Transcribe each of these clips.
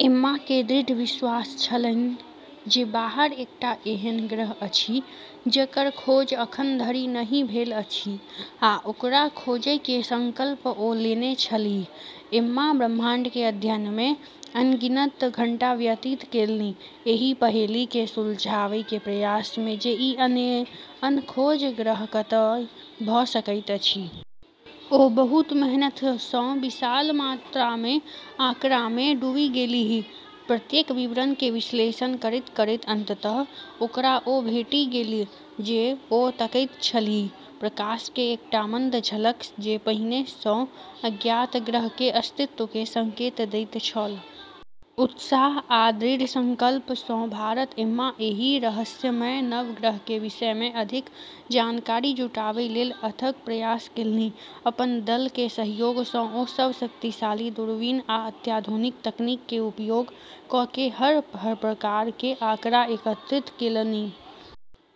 Emma के दृढ़ विश्वास छलन्हि जे बाहर एकटा एहन ग्रह अछि जकर खोज अखन धरि नहि भेल अछि आ ओकरा खोजय के संकल्प ओ लेने छलीह। एम्मा ब्रह्मांड के अध्ययन में अनगिनत घंटा व्यतीत केलनि, एहि पहेली के सुलझावय के प्रयास में जे ई अनखोज ग्रह कतय भऽ सकैत अछि। ओ बहुत मेहनत सँ विशाल मात्रा में आँकड़ामे डूबि गेलीह, प्रत्येक विवरण के विश्लेषण करैत-करैत, अंततः ओकरा ओ भेटि गेल जे ओ तकैत छलीह: प्रकाश के एकटा मंद झलक, जे पहिने सँ अज्ञात ग्रह के अस्तित्व के संकेत दैत छल। उत्साह आ दृढ़ संकल्प सँ भरल एम्मा एहि रहस्यमय नव ग्रह के विषय में अधिक जानकारी जुटावय लेल अथक प्रयास केलनि। अपन दल के सहयोग सँ ओ सब शक्तिशाली दूरबीन आ अत्याधुनिक तकनीक के उपयोग कऽ के हर प्रकार के आँकड़ा एकत्रित केलनि।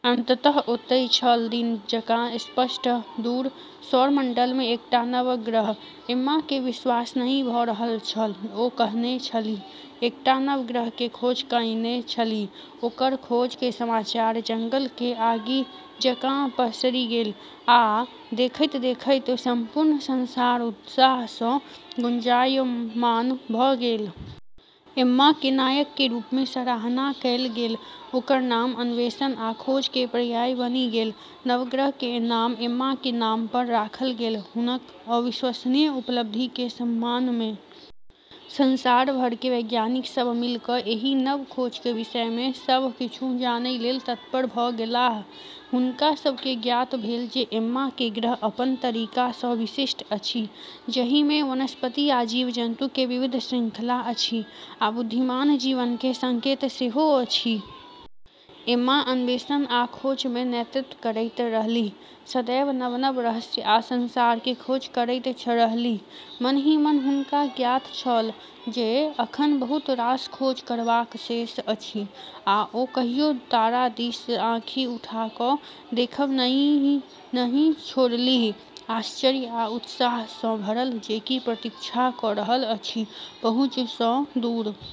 अंततः, ओतय छल, दिन जकां स्पष्ट: सुदूर सौरमंडल में एकटा नव ग्रह। एम्मा के विश्वास नहि भऽ रहल छल। ओ कहने छलीह, एकटा नव ग्रह के खोज कएने छलीह। ओकर खोज के समाचार जंगल के आगि जकां पसरि गेल आ देखैत-देखैत संपूर्ण संसार उत्साह सँ गुंजायमान भऽ गेल। एम्मा के नायक के रूप में सराहना कएल गेल, ओकर नाम अन्वेषण आ खोज के पर्याय बनि गेल। नव ग्रह के नाम एम्मा के नाम पर राखल गेल, हुनक अविश्वसनीय उपलब्धि के सम्मान में। संसार भर के वैज्ञानिक सब मिल कऽ एहि नव खोज के विषय में सभ किछु जानय लेल तत्पर भऽ गेलाह। हुनका सब के ज्ञात भेल जे एम्मा के ग्रह अपन तरीका सँ विशिष्ट अछि, जहि में वनस्पति आ जीव-जन्तु के विविध श्रृंखला अछि, आ बुद्धिमान जीवन के संकेत सेहो अछि। एम्मा अन्वेषण आ खोज में नेतृत्व करैत रहलीह, सदैव नव-नव रहस्य आ संसार के खोज करैत रहलीह। मन ही मन हुनका ज्ञात छल जे अखन बहुत रास खोज करबाक शेष अछि आ ओ कहियो तारा दिस आँखि उठा कऽ देखब नहि छोड़लीह, आश्चर्य आ उत्साह सँ भरल जे की प्रतीक्षा कऽ रहल अछि, पहुँच सँ दूर।